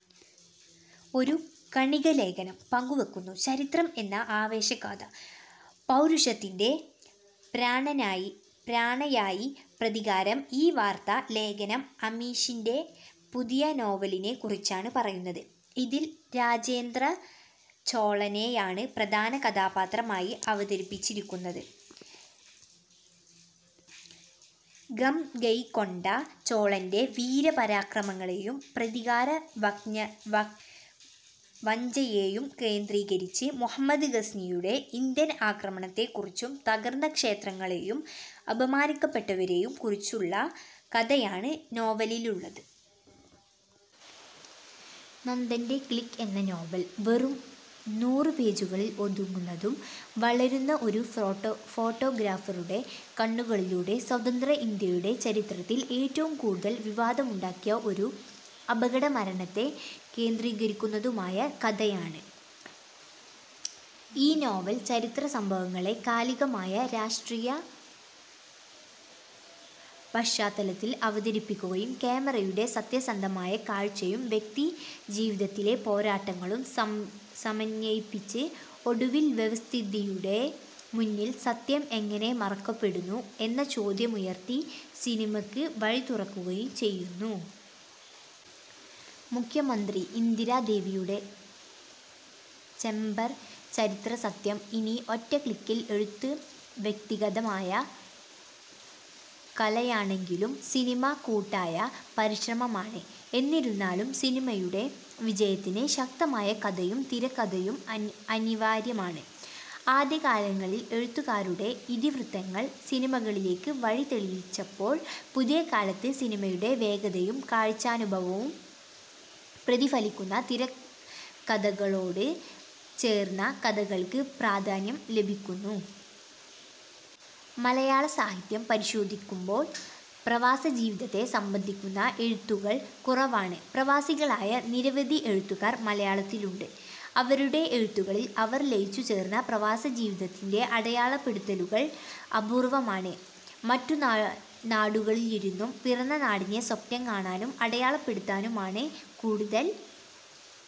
ഒരു കണിക ലേഖനം പങ്കുവെക്കുന്നു. ചരിത്രം എന്ന ആവേശ ഗാഥ; പൗരുഷത്തിന്റെ പ്രേരണയായി പ്രതികാരം ഈ വാർത്താ ലേഖനം അമീഷിന്റെ പുതിയ നോവലിനെക്കുറിച്ചാണ് പറയുന്നത്, ഇതിൽ രാജേന്ദ്ര ചോളനെയാണ് പ്രധാന കഥാപാത്രമായി അവതരിപ്പിച്ചിരിക്കുന്നത്. ഗംഗൈകൊണ്ട ചോളന്റെ വീരപരാക്രമങ്ങളെയും പ്രതികാര വാഞ്ഛയെയും കേന്ദ്രീകരിച്ച്, മുഹമ്മദ് ഗസ്നിയുടെ ഇന്ത്യൻ ആക്രമണത്തെക്കുറിച്ചും തകർന്ന ക്ഷേത്രങ്ങളെയും അപമാനിക്കപ്പെട്ടവരെയും കുറിച്ചുള്ള കഥയാണ് നോവലിലുള്ളത്. നന്ദൻ്റെ "ക്ലിക്ക്" എന്ന നോവൽ, വെറും നൂറു പേജുകളിൽ ഒതുങ്ങുന്നതും, വളരുന്ന ഒരു ഫോട്ടോഗ്രാഫറുടെ കണ്ണുകളിലൂടെ സ്വതന്ത്ര ഇന്ത്യയുടെ ചരിത്രത്തിൽ ഏറ്റവും കൂടുതൽ വിവാദമുണ്ടാക്കിയ ഒരു അപകട മരണത്തെ കേന്ദ്രീകരിക്കുന്നതുമായ കഥയാണ്. ഈ നോവൽ, ചരിത്ര സംഭവങ്ങളെ കാലികമായ രാഷ്ട്രീയ പശ്ചാത്തലത്തിൽ അവതരിപ്പിക്കുകയും, ക്യാമറയുടെ സത്യസന്ധമായ കാഴ്ചയും വ്യക്തിജീവിതത്തിലെ പോരാട്ടങ്ങളും സമന്വയിപ്പിച്ച്, ഒടുവിൽ വ്യവസ്ഥിതിയുടെ മുന്നിൽ സത്യം എങ്ങനെ മറയ്ക്കപ്പെടുന്നു എന്ന ചോദ്യമുയർത്തി സിനിമക്ക് വഴിതുറക്കുകയും ചെയ്യുന്നു. മുഖ്യമന്ത്രി ഇന്ദിരാദേവിയുടെ ചേംബർ; ചരിത്രസത്യം ഇനി ഒറ്റ ക്ലിക്കിൽ എഴുത്ത് വ്യക്തിഗതമായ കലയാണെങ്കിലും സിനിമ കൂട്ടായ പരിശ്രമമാണ്, എന്നിരുന്നാലും സിനിമയുടെ വിജയത്തിന് ശക്തമായ കഥയും തിരക്കഥയും അനിവാര്യമാണ്. ആദ്യകാലങ്ങളിൽ എഴുത്തുകാരുടെ ഇതിവൃത്തങ്ങൾ സിനിമകളിലേക്ക് വഴി തെളിയിച്ചപ്പോൾ, പുതിയ കാലത്ത് സിനിമയുടെ വേഗതയും കാഴ്ചാനുഭവവും പ്രതിഫലിക്കുന്ന തിരക്കഥകളോട് ചേർന്ന കഥകൾക്ക് പ്രാധാന്യം ലഭിക്കുന്നു. മലയാള സാഹിത്യം പരിശോധിക്കുമ്പോൾ പ്രവാസജീവിതത്തെ സംബന്ധിക്കുന്ന എഴുത്തുകൾ കുറവാണ്. പ്രവാസികളായ നിരവധി എഴുത്തുകാർ മലയാളത്തിലുണ്ട്. അവരുടെ എഴുത്തുകളിൽ അവർ ലയിച്ചുചേർന്ന പ്രവാസജീവിതത്തിന്റെ അടയാളപ്പെടുത്തലുകൾ അപൂർവ്വമാണ്. മറ്റു നാടുകളിലിരുന്നും പിറന്ന നാടിനെ സ്വപ്നം കാണാനും അടയാളപ്പെടുത്താനുമാണ് കൂടുതൽ।